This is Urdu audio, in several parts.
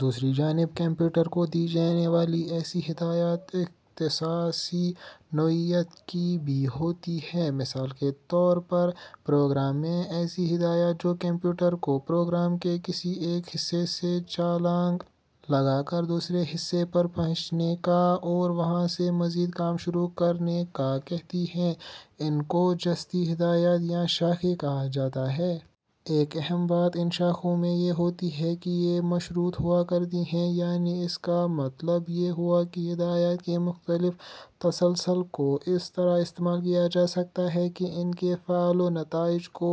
دوسری جانب کمپیوٹر کو دی جانے والی ایسی ہدایات اختصاصی نوعیت کی بھی ہوتی ہیں۔ مثال کے طور پر پروگرام میں ایسی ہدایات جو کمپیوٹر کو پروگرام کے کسی ایک حصے سے چھلانگ لگا کر دوسرے حصے پر پہنچنے کا اور وہاں سے مزید کام شروع کرنے کا کہتی ہیں، ان کو جستی ہدایات یا شاخیں کہا جاتا ہے۔ ایک اہم بات ان شاخوں میں یہ ہوتی ہے کہ یہ مشروط ہوا کرتی ہیں، یعنی اس کا مطلب یہ ہوا کہ ہدایات کے مختلف تسلسل کو اس طرح استعمال کیا جا سکتا ہے کہ ان کے فعل و نتائج کو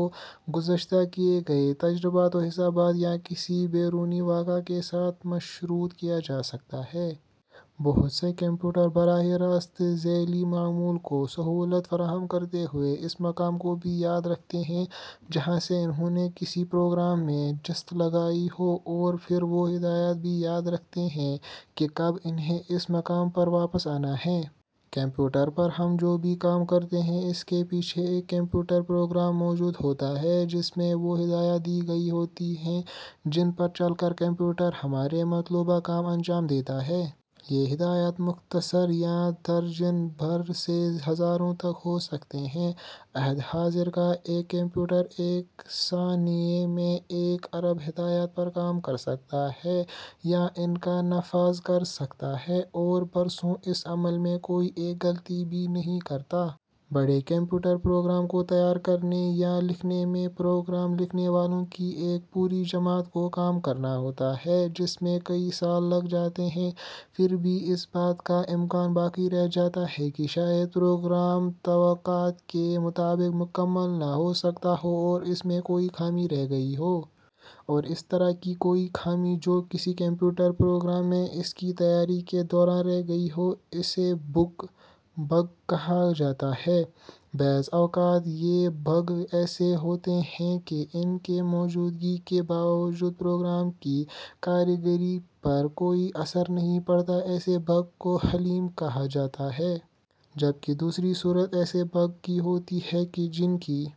گزشتہ کیے گئے تجزیات و حسابات یا کسی بیرونی واقعہ کے ساتھ مشروط کیا جا سکتا ہے۔ بہت سے کمپیوٹر براہِ راست ذیلی معمول کو سہولت فراہم کرتے ہوئے اس مقام کو بھی یاد رکھتے ہیں جہاں سے انھوں نے کسی پروگرام میں جست لگائی ہو، اور پھر وہ ہدایت بھی یاد رکھتے ہیں کہ کب انھیں اس مقام پر واپس آنا ہے۔ کمپیوٹر پر ہم جو بھی کام کرتے ہیں، اس کے پیچھے ایک کمپیوٹر پروگرام موجود ہوتا ہے جس میں وہ ہدایات دی گئی ہوتی ہیں جن پر چل کر کمپیوٹر ہمارے مطلوبہ کام انجام دیتا ہے۔ یہ ہدایات مختصر یا درجن بھر سے ہزاروں تک ہو سکتی ہیں۔ عہد حاضر کا ایک کمپیوٹر ایک ثانیے میں ایک ارب ہدایات پر کام کر سکتا ہے یا ان کا نفاذ کر سکتا ہے، اور برسوں اس عمل میں کوئی ایک غلطی بھی نہیں کرتا۔ بڑے کمپیوٹر پروگرام کو تیار کرنے یا لکھنے میں پروگرام لکھنے والوں کی ایک پوری جماعت کو کام کرنا ہوتا ہے، جس میں کئی سال لگ جاتے ہیں۔ پھر بھی اس بات کا امکان باقی رہ جاتا ہے کہ شاید پروگرام توقعات کے مطابق مکمل نہ ہو سکا ہو اور اس میں کوئی خامی رہ گئی ہو۔ اور اس طرح کی کوئی خامی جو کسی کمپیوٹر پروگرام میں اس کی تیاری کے دوران رہ گئی ہو، اسے بگ کہا جاتا ہے۔ بعض اوقات یہ بگ ایسے ہوتے ہیں کہ ان کی موجودگی کے باوجود پروگرام کی کارکردگی پر کوئی اثر نہیں پڑتا، ایسے بگ کو حلیم کہا جاتا ہے۔ جبکہ دوسری صورت ایسے بگ کی ہوتی ہے کہ جن کی...